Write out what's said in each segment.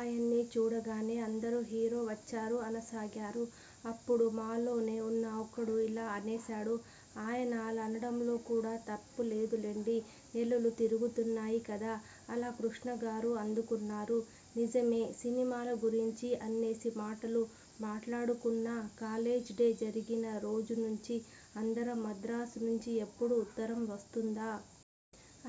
ఆయన్ని చూడగానే అందరూ హీరో వచ్చారు అనసాగారు. అప్పుడు మాలోనే ఉన్న ఒకడు ఇలా అనేశాడు. 'ఆయన అలా అనడంలో కూడా తప్పులేదులెండి. నెలలు తిరుగుతున్నాయి కదా' అని కృష్ణగారు అందుకున్నారు. నిజమే సినిమాల గురించి అన్నేసి మాటలు మాట్లాడుకున్నా, కాలేజ్ డే జరిగిన రోజునుంచీ అందరం మద్రాసు నుంచి ఎప్పుడు ఉత్తరం వస్తుందా?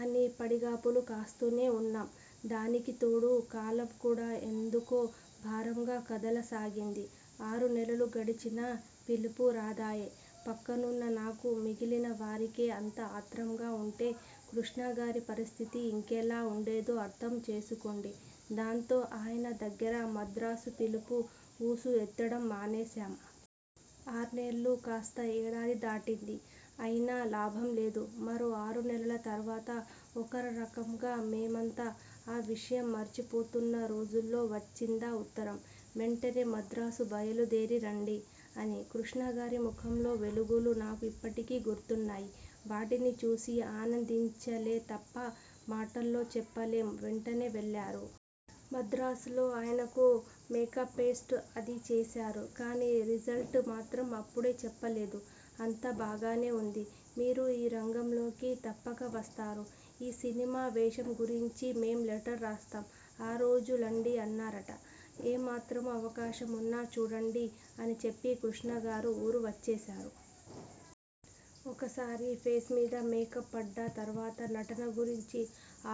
అని పడిగాపులు కాస్తూనే ఉన్నాం. దానికితోడు కాలంకూడా ఎందుకో భారంగా కదలసాగింది. ఆరునెలలు గడిచినా పిలుపు రాదాయె. పక్కనున్న నాకు, మిగిలిన వారికే అంత ఆత్రంగా ఉంటే కృష్ణగారి పరిస్థితి ఇంకేలా ఉండేదో అర్థం చేసుకోండి. దాంతో ఆయన దగ్గర 'మద్రాసు పిలుపు' ఊసు ఎత్తడం మానేశాం. ఆర్నెల్లు కాస్తా ఏడాది దాటింది. అయినా లాభంలేదు. మరో ఆరునెలలు తర్వాత, ఒకరకంగా మేమంతా ఆ విషయం మర్చిపోతున్నరోజుల్లో వచ్చిందా ఉత్తరం. 'వెంటనే మద్రాసు బయలుదేరి రండి' అని. కృష్ణగారి ముఖంలో వెలుగులు నాకు ఇప్పటికీ గుర్తున్నాయి. వాటిని చూసి ఆనందించాలేతప్ప, మాటల్లో చెప్పలేం. వెంటనే వెళ్లారు. మద్రాసులో ఆయనకు మేకప్టెస్ట్ అదీ చేశారు. కానీ రిజల్ట్ మాత్రం అప్పుడే చెప్పలేదు. 'అంతా బాగానే ఉంది. మీరు ఈ రంగంలోకి తప్పక వస్తారు. ఈ సినిమా వేషంగురించి మేం లెటర్ రాస్తాం. ఆ రోజురండి' అన్నారట. 'ఏమాత్రం అవకాశం ఉన్నా చూడండి ' అనిచెప్పి కృష్ణగారు ఊరు వచ్చేశారు. ఒక్కసారి ఫేస్మీద మేకప్ పడ్డ తర్వాత నటనగురించి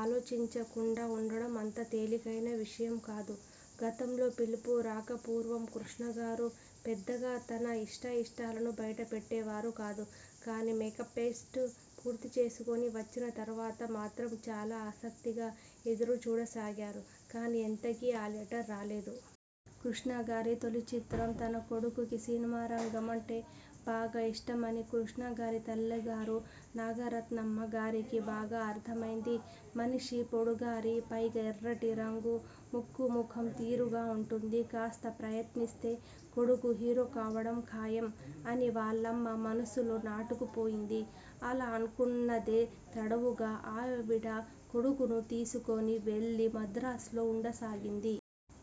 ఆలోచించకుండా ఉండటం అంత తేలికైన విషయం కాదు. గతంలో పిలుపు రాకపూర్వం కృష్ణగారు పెద్దగా తన ఇష్టాయిష్టాలను బయటపెట్టేవారు కాదు. కానీ మేకప్టెస్ట్ పూర్తిచేసుకుని వచ్చిన తర్వాత మాత్రం చాలా ఆసక్తిగా ఎదురుచూడసాగారు. కానీ ఎంతకీ ఆ లెటర్ రాలేదు. కృష్ణగారి తొలిచిత్రం తన కొడుకుకి సినిమారంగం అంటే బాగా ఇష్టమని కృష్ణగారి తల్లిగారు నాగరత్నమ్మగారికి బాగా అర్థమైంది. 'మనిషి పొడగరి. పైగా ఎర్రటిరంగు. ముక్కూ, ముఖం తీరుగా ఉంటుంది. కాస్త ప్రయత్నిస్తే కొడుకు హీరో కావడం ఖాయం' అని వాళ్లమ్మ మనసులో నాటుకుపోయింది. అలా అనుకున్నదే తడవుగా ఆవిడ కొడుకును తీసుకుని వెళ్లి మద్రాసులో ఉండసాగింది.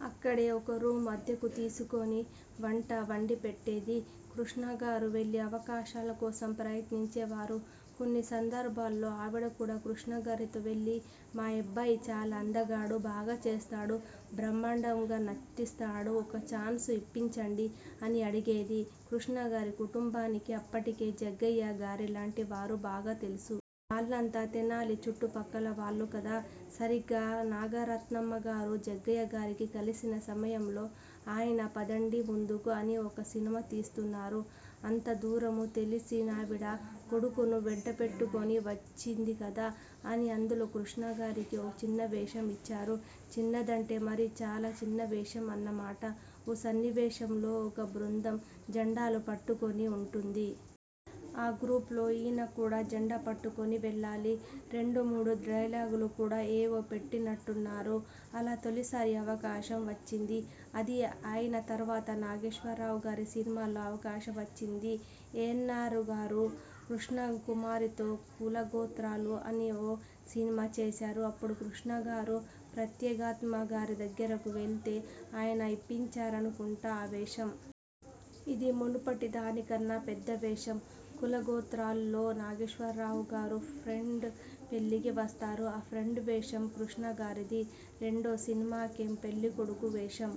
అక్కడే ఓ రూము అద్దెకు తీసుకుని వంట వండిపెట్టేది. కృష్ణగారు వెళ్లి అవకాశాలకోసం ప్రయత్నించేవారు. కొన్ని సందర్భాల్లో ఆవిడ కూడా కృష్ణగారితో వెళ్లి 'మా అబ్బాయి చాలా అందగాడు. బాగా చేస్తాడు, బ్రహ్మాండంగా నటిస్తాడు, ఒక్కఛాన్స్ ఇప్పించండి' అని అడిగేది. కృష్ణగారి కుటుంబానికి అప్పటికే జగ్గయ్యగారిలాంటి వారు బాగా తెలుసు. వాళ్లంతా తెనాలి చుట్టుపక్కలవాళ్లు కదా. సరిగ్గా నాగరత్నమ్మగారు జగ్గయ్యగారిని కలిసిన సమయంలో ఆయన 'పదండి ముందుకు' అని ఒక సినిమా తీస్తున్నారు. ఆంతదూరం తెలిసినావిడ కొడుకును వెంటపెట్టుకుని వచ్చిందికదా అని అందులో కృష్ణగారికి ఓ చిన్నవేషం ఇచ్చారు. చిన్నదంటే మరీ చాలా చిన్నవేషం అన్నమాట. ఓ సన్నివేశంలో ఓ బృందం జండాలు పట్టుకుని ఉంటుంది. ఆ గ్రూపులో ఈయన కూడా జెండా పట్టుకుని వెళ్లాలి. రెండు మూడు డైలాగులు కూడా ఏవో పెట్టినట్టున్నారు. అలా తొలిసారి అవకాశం వచ్చింది. అది అయిన తర్వాత నాగేశ్వరరావుగారి సినిమాలో అవకాశం వచ్చింది. ఏఎన్నార్గారు కృష్ణకుమారితో 'కులగోత్రాలు' అని ఒక సినిమా చేశారు. అప్పుడు కృష్ణగారు ప్రత్యగాత్మగారిదగ్గరకు వెళ్తే ఆయన ఇప్పించారనుకుంటా ఆ వేషం. ఇది మునుపటి దానికన్నా పెద్ద వేషం. 'కులగోత్రాలు'లో నాగేశ్వరరావుగారు ఫ్రెండ్ పెళ్ళికి వస్తారు. ఆ ఫ్రెండ్ వేషం కృష్ణగారిది. రెండో సినిమాకే పెళ్ళికొడుకు వేషం